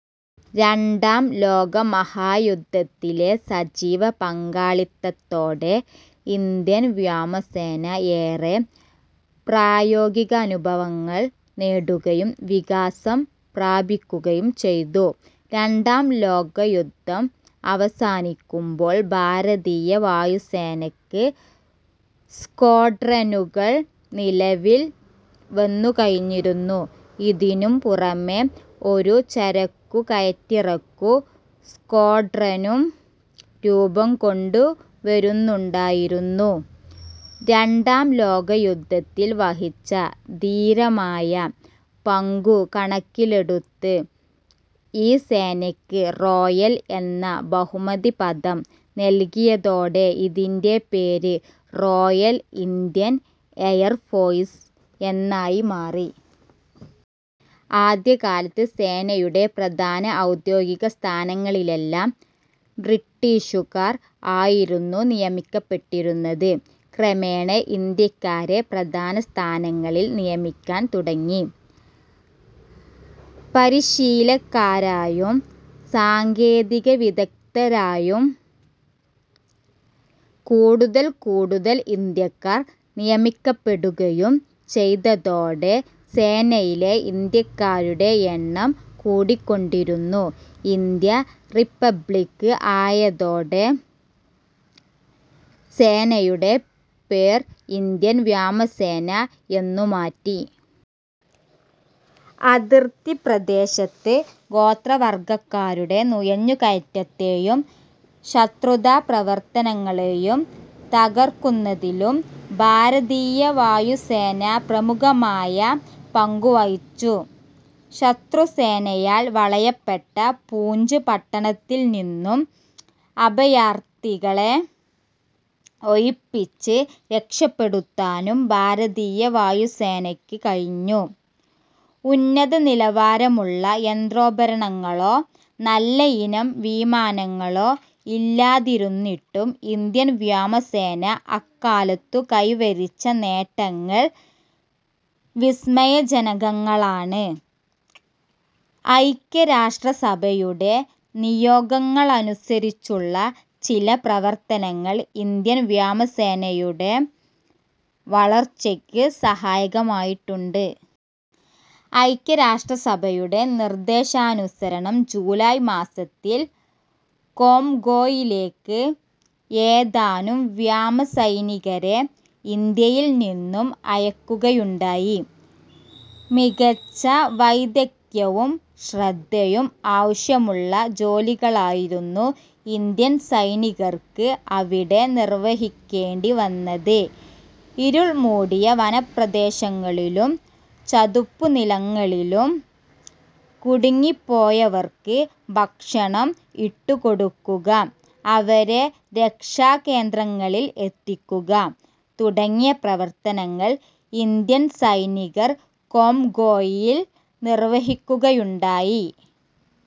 രണ്ടാംലോക മഹായുദ്ധത്തിലെ സജീവ പങ്കാളിത്തത്തോടെ ഇന്ത്യൻ വ്യോമസേന ഏറെ പ്രായോഗികാനുഭവങ്ങൾ നേടുകയും വികാസം പ്രാപിക്കുകയും ചെയ്തു. രണ്ടാം ലോകയുദ്ധം അവസാനിക്കുമ്പോൾ ഭാരതീയ വായുസേനക്ക് സ്ക്വാഡ്രനുകൾ നിലവിൽ വന്നുകഴിഞ്ഞിരുന്നു. ഇതിനും പുറമേ ഒരു ചരക്കു കയറ്റിറക്കു സ്ക്വാഡ്രനും രൂപംകൊണ്ടു വരുന്നുണ്ടായിരുന്നു. രണ്ടാം ലോകയുദ്ധത്തിൽ വഹിച്ച ധീരമായ പങ്കു കണക്കിലെടുത്ത് ഈ സേനയ്ക്ക് റോയൽ എന്ന ബഹുമതിപദം നൽകിയതോടെ ഇതിന്റെ പേര് റോയൽ ഇന്ത്യൻ എയർഫോഴ്സ് എന്നായി മാറി. ആദ്യകാലത്ത് സേനയുടെ പ്രധാന ഔദ്യോഗികസ്ഥാനങ്ങളിലെല്ലാം ബ്രിട്ടീഷുകാർ ആയിരുന്നു നിയമിക്കപ്പെട്ടിരുന്നത്. ക്രമേണ ഇന്ത്യാക്കാരെ പ്രധാന സ്ഥാനങ്ങളിൽ നിയമിക്കാൻ തുടങ്ങി. പരിശീലകരായും സാങ്കേതികവിദഗ്ദ്ധരായും കൂടുതൽ കൂടുതൽ ഇന്ത്യാക്കാർ നിയമിക്കപ്പെടുകയും ചെയ്തതോടെ സേനയിലെ ഇന്ത്യാക്കാരുടെ എണ്ണം കൂടിക്കൊണ്ടിരുന്നു. ഇന്ത്യ റിപ്പബ്ലിക്ക് ആയതോടെ സേനയുടെ പേർ ഇന്ത്യൻ വ്യോമസേന എന്നു മാറ്റി. അതിർത്തി പ്രദേശത്ത് ഗോത്രവർഗക്കാരുടെ നുഴഞ്ഞുകയറ്റത്തെയും ശത്രുതാപ്രവർത്തനങ്ങളെയും തകർക്കുന്നതിലും ഭാരതീയ വായുസേന പ്രമുഖമായ പങ്കു വഹിച്ചു. ശത്രുസേനയാൽ വളയപ്പെട്ട പൂഞ്ച് പട്ടണത്തിൽനിന്നും അഭയാർഥികളെ ഒഴിപ്പിച്ച് രക്ഷപ്പെടുത്താനും ഭാരതീയ വായുസേനയ്ക്ക് കഴിഞ്ഞു. ഉന്നതനിലവാരമുള്ള യന്ത്രോപകരണങ്ങളോ, നല്ലയിനം വിമാനങ്ങളോ ഇല്ലാതിരുന്നിട്ടും ഇന്ത്യൻ വ്യോമസേന അക്കാലത്തു കൈവരിച്ച നേട്ടങ്ങൾ വിസ്മയജനകങ്ങളാണ്. ഐക്യരാഷ്ട്രസഭയുടെ നിയോഗങ്ങളനുസരിച്ചുള്ള ചില പ്രവർത്തനങ്ങൾ ഇന്ത്യൻ വ്യാമസേനയുടെ വളർച്ചയ്ക്ക് സഹായകമായിട്ടുണ്ട്. ഐക്യരാഷ്ട്രസഭയുടെ നിർദ്ദേശാനുസരണം ജൂലായ് മാസത്തിൽ കോംഗോയിലേക്ക് ഏതാനും വ്യോമസൈനികരെ ഇന്ത്യയിൽ നിന്നും അയക്കുകയുണ്ടായി. മികച്ച വൈദഗ്ദ്ധ്യവും ശ്രദ്ധയും ആവശ്യമുള്ള ജോലികളായിരുന്നു ഇന്ത്യൻ സൈനികർക്ക് അവിടെ നിർവഹിക്കേണ്ടി വന്നത്. ഇരുൾമൂടിയ വനപ്രദേശങ്ങളിലും ചതുപ്പുനിലങ്ങളിലും കുടുങ്ങിപ്പോയവർക്ക് ഭക്ഷണം ഇട്ടുകൊടുക്കുക, അവരെ രക്ഷാകേന്ദ്രങ്ങളിൽ എത്തിക്കുക. തുടങ്ങിയ പ്രവർത്തനങ്ങൾ ഇന്ത്യൻ സൈനികർ കോംഗോയിൽ നിർവഹിക്കുകയുണ്ടായി.